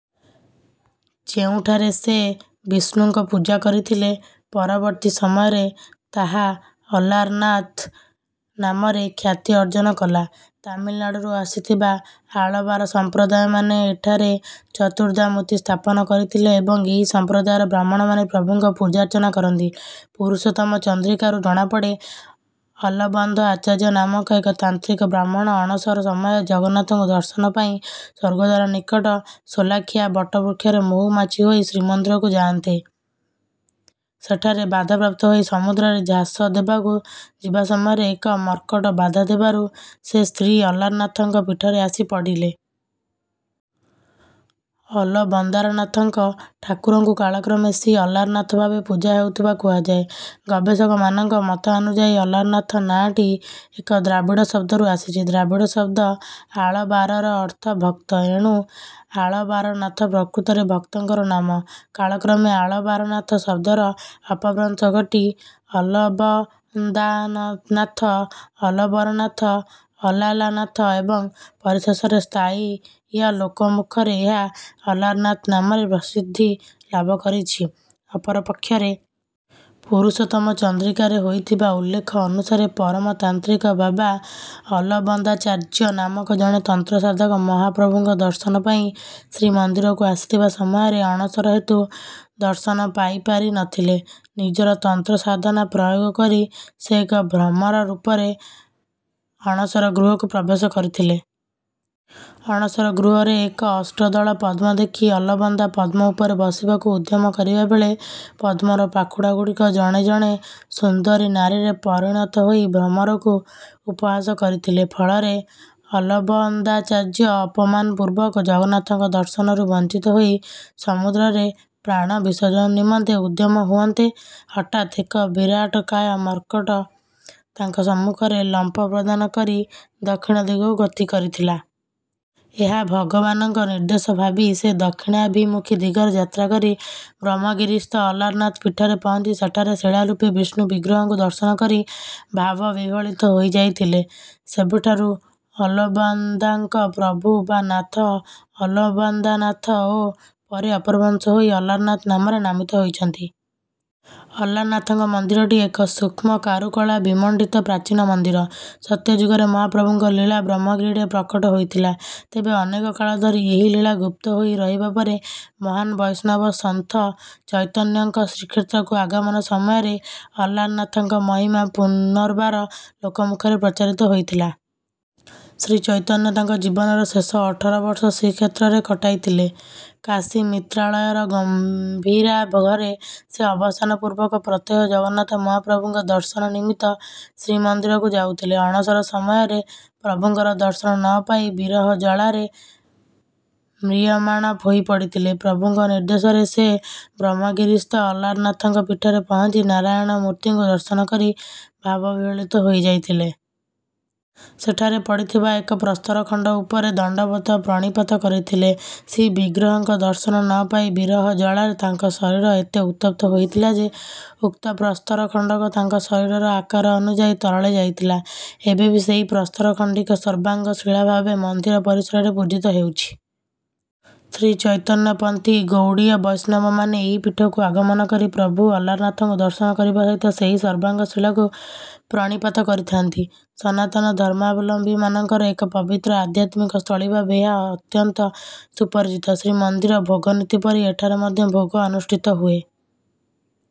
ଯେଉଁଠାରେ ସେ ବିଷ୍ଣୁଙ୍କ ପୂଜା କରିଥିଲେ, ପରବର୍ତ୍ତୀ ସମୟରେ ତାହା ଅଲାରନାଥ ନାମରେ ଖ୍ୟାତି ଅର୍ଜନ କଲା। ତାମିଲନାଡୁରୁ ଆସିଥିବା ଆଳବାର ସମ୍ପ୍ରଦାୟମାନେ ଏଠାରେ ଚତୁର୍ଦ୍ଧାମୂର୍ତ୍ତି ସ୍ଥାପନ କରିଥିଲେ ଏବଂ ଏହି ସମ୍ପ୍ରଦାୟର ବ୍ରାହ୍ମଣମାନେ ପ୍ରଭୁଙ୍କର ପୂଜାର୍ଚ୍ଚନା କରନ୍ତି। 'ପୁରୁଷୋତ୍ତମ ଚନ୍ଦ୍ରିକା'ରୁ ଜଣାପଡ଼େ, ଅଲବନ୍ଦ ଆଚାର୍ଯ୍ୟ ନାମକ ଏକ ତାନ୍ତ୍ରିକ ବ୍ରାହ୍ମଣ ଅଣସର ସମୟରେ ଜଗନ୍ନାଥଙ୍କୁ ଦର୍ଶନ କରିବା ପାଇଁ ସ୍ୱର୍ଗଦ୍ୱାର ନିକଟ ସୋଲାଖିଆ ବଟବୃକ୍ଷରେ ମହୂମାଛି ହୋଇ ଶ୍ରୀମନ୍ଦିରକୁ ଯାଆନ୍ତେ, ସେଠାରେ ବାଧାପ୍ରାପ୍ତ ହୋଇ ସମୁଦ୍ରରେ ଝାସ ଦେବାକୁ ଯିବା ସମୟରେ ଏକ ମର୍କଟ ବାଧା ଦେବାରୁ ସେ ଶ୍ରୀ ଅଲାରନାଥଙ୍କ ପୀଠରେ ଆସି ପଡ଼ିଲେ। ଅଲବନ୍ଦାରନାଥଙ୍କ ଠାକୁରଙ୍କୁ କାଳକ୍ରମେ ଶ୍ରୀ ଅଲାରନାଥ ଭାବେ ପୂଜା ହେଉଥିବା କୁହାଯାଏ। ଗବେଷକମାନଙ୍କ ମତାନୁଯାୟୀ, 'ଅଲାରନାଥ' ନାଁଟି ଏକ ଦ୍ରାବିଡ଼ ଶବ୍ଦରୁ ଆସିଛି। ଦ୍ରାବିଡ଼ ଶବ୍ଦ 'ଆଳବାର'ର ଅର୍ଥ ଭକ୍ତ। ଏଣୁ ଆଳବାରନାଥ ପ୍ରକୃତରେ ଭକ୍ତଙ୍କର ନାଥ। କାଳକ୍ରମେ ଆଳବାରନାଥ ଶବ୍ଦର ଅପଭ୍ରଂଶ ଘଟି ଆଲବନ୍ଦାନାଥ, ଅଲବରନାଥ, ଆଲାଲାନାଥ ଏବଂ ପରିଶେଷରେ ସ୍ଥାନୀୟ ଲୋକମୁଖରେ ଏହା 'ଅଲାରନାଥ' ନାମରେ ପ୍ରସିଦ୍ଧି ଲାଭ କରିଛି। ଅପରପକ୍ଷରେ, 'ପୁରୁଷୋତ୍ତମ ଚନ୍ଦ୍ରିକା'ରେ ହୋଇଥିବା ଉଲ୍ଲେଖ ଅନୁସାରେ ପରମ ତାନ୍ତ୍ରିକ ବାବା ଅଲବନ୍ଦାଚାର୍ଯ୍ୟ ନାମକ ଜଣେ ତନ୍ତ୍ର ସାଧକ ମହାପ୍ରଭୁଙ୍କ ଦର୍ଶନ ପାଇଁ ଶ୍ରୀମନ୍ଦିରକୁ ଆସିଥିବା ସମୟରେ ଅଣସର ହେତୁ ଦର୍ଶନ ପାଇପାରି ନ ଥିଲେ। ନିଜର ତନ୍ତ୍ର ସାଧନା ପ୍ରୟୋଗ କରି ସେ ଏକ ଭ୍ରମର ରୂପରେ ଅଣସର ଗୃହକୁ ପ୍ରବେଶ କରିଥିଲେ। ଅଣସର ଗୃହରେ ଏକ ଅଷ୍ଟଦଳ ପଦ୍ମ ଦେଖି ଅଲବନ୍ଦା ପଦ୍ମ ଉପରେ ବସିବାକୁ ଉଦ୍ୟମ କରିବା ବେଳେ, ପଦ୍ମର ପାଖୁଡ଼ାଗୁଡ଼ିକ ଜଣେ ଜଣେ ସୁନ୍ଦରୀ ନାରୀରେ ପରିଣତ ହୋଇ ଭ୍ରମରକୁ ଉପହାସ କରିଥିଲେ। ଫଳରେ ଅଲବନ୍ଦାଚାର୍ଯ୍ୟ ଅପମାନପୂର୍ବକ ଜଗନ୍ନାଥଙ୍କ ଦର୍ଶନରୁ ବଞ୍ଚିତ ହୋଇ ସମୁଦ୍ରରେ ପ୍ରାଣ ବିସର୍ଜନ ନିମନ୍ତେ ଉଦ୍ୟମ ହୁଅନ୍ତେ, ହଠାତ୍ ଏକ ବିରାଟକାୟ ମର୍କଟ ତାଙ୍କ ସମ୍ମୁଖରେ ଲମ୍ଫ ପ୍ରଦାନ କରି ଦକ୍ଷିଣ ଦିଗକୁ ଗତି କରିଥିଲା। ଏହା ଭଗବାନଙ୍କ ନିର୍ଦ୍ଦେଶ ଭାବି ସେ ଦକ୍ଷିଣାଭିମୁଖୀ ଦିଗରେ ଯାତ୍ରା କରି ବ୍ରହ୍ମଗିରିସ୍ଥ ଅଲାରନାଥ ପୀଠରେ ପହଞ୍ଚି ସେଠାରେ ଶିଳାରୂପୀ ବିଷ୍ଣୁ ବିଗ୍ରହଙ୍କୁ ଦର୍ଶନ କରି ଭାବବିହ୍ୱଳିତ ହୋଇଯାଇଥିଲେ। ସେବେଠାରୁ ଅଲବନ୍ଦାଙ୍କ ପ୍ରଭୁ ବା ନାଥ 'ଅଲବନ୍ଦାନାଥ' ଓ ପରେ ଅପଭ୍ରଂଶ ହୋଇ 'ଅଲାରନାଥ' ନାମରେ ନାମିତ ହୋଇଛନ୍ତି। ଅଲାରନାଥଙ୍କ ମନ୍ଦିରଟି ଏକ ସୂକ୍ଷ୍ମ କାରୁକଳା ବିମଣ୍ଡିତ ପ୍ରାଚୀନ ମନ୍ଦିର। ସତ୍ୟଯୁଗରେ ମହାପ୍ରଭୁଙ୍କ ଲୀଳା ବ୍ରହ୍ମଗିରିରେ ପ୍ରକଟ ହୋଇଥିଲା। ତେବେ ଅନେକ କାଳ ଧରି ଏହି ଲୀଳା ଗୁପ୍ତ ହୋଇ ରହିବା ପରେ, ମହାନ ବୈଷ୍ଣବ ସନ୍ଥ ଚୈତନ୍ୟଙ୍କ ଶ୍ରୀକ୍ଷେତ୍ରକୁ ଆଗମନ ସମୟରେ ଅଲାରନାଥଙ୍କ ମହିମା ପୁନର୍ବାର ଲୋକମୁଖରେ ପ୍ରଚାରିତ ହୋଇଥିଲା। ଶ୍ରୀଚୈତନ୍ୟ ତାଙ୍କ ଜୀବନର ଶେଷ ଅଠର ବର୍ଷ ଶ୍ରୀକ୍ଷେତ୍ରରେ କଟାଇଥିଲେ। କାଶୀମିଶ୍ରାଳୟର ଗମ୍ଭୀରା ଘରେ ସେ ଅବସ୍ଥାନ ପୂର୍ବକ ପ୍ରତ୍ୟହ ଜଗନ୍ନାଥ ମହାପ୍ରଭୁଙ୍କ ଦର୍ଶନ ନିମିତ୍ତ ଶ୍ରୀମନ୍ଦିରକୁ ଯାଉଥିଲେ। ଅଣସର ସମୟରେ ପ୍ରଭୁଙ୍କର ଦର୍ଶନ ନ ପାଇ ବିରହ ଜ୍ୱାଳାରେ ମ୍ରିୟମାଣ ହୋଇପଡ଼ିଥିଲେ। ପ୍ରଭୁଙ୍କ ନିର୍ଦ୍ଦେଶରେ ସେ ବ୍ରହ୍ମଗିରିସ୍ଥ ଅଲାରନାଥଙ୍କ ପୀଠରେ ପହଞ୍ଚି ନାରାୟଣ ମୂର୍ତ୍ତିଙ୍କୁ ଦର୍ଶନ କରି ଭାବବିହ୍ୱଳିତ ହୋଇଯାଇଥିଲେ। ସେଠାରେ ପଡ଼ିଥିବା ଏକ ପ୍ରସ୍ତର ଖଣ୍ଡ ଉପରେ ଦଣ୍ଡବତ ପ୍ରଣିପାତ କରିଥିଲେ। ଶ୍ରୀବିଗ୍ରହଙ୍କ ଦର୍ଶନ ନ ପାଇ ବିରହ ଜ୍ୱାଳାରେ ତାଙ୍କ ଶରୀର ଏତେ ଉତ୍ତପ୍ତ ହୋଇଯାଇଥିଲା ଯେ, ଉକ୍ତ ପ୍ରସ୍ତର ଖଣ୍ଡକ ତାଙ୍କ ଶରୀରର ଆକାର ଅନୁଯାୟୀ ତରଳି ଯାଇଥିଲା। ଏବେ ବି ସେହି ପ୍ରସ୍ତର ଖଣ୍ଡିକ ସର୍ବାଙ୍ଗ ଶିଳା ଭାବେ ମନ୍ଦିର ପରିସରରେ ପୂଜିତ ହେଉଛି। ଶ୍ରୀଚୈତନ୍ୟପନ୍ଥୀ ଗୌଡ଼ୀୟ ବୈଷ୍ଣବମାନେ ଏହି ପୀଠକୁ ଆଗମନ କରି ପ୍ରଭୁ ଅଲାରନାଥଙ୍କୁ ଦର୍ଶନ କରିବା ସହିତ ସେହି ସର୍ବାଙ୍ଗ ଶିଳାକୁ ପ୍ରଣିପାତ କରିଥାନ୍ତି। ସନାତନ ଧର୍ମାବଲମ୍ବୀମାନଙ୍କର ଏକ ପବିତ୍ର ଆଧ୍ୟାତ୍ମିକ ସ୍ଥଳୀ ଭାବେ ଏହା ଅତ୍ୟନ୍ତ ସୁପରିଚିତ। ଶ୍ରୀମନ୍ଦିର ଭୋଗନୀତି ପରି ଏଠାରେ ମଧ୍ୟ ଭୋଗ ଅନୁଷ୍ଠିତ ହୋଇଥାଏ।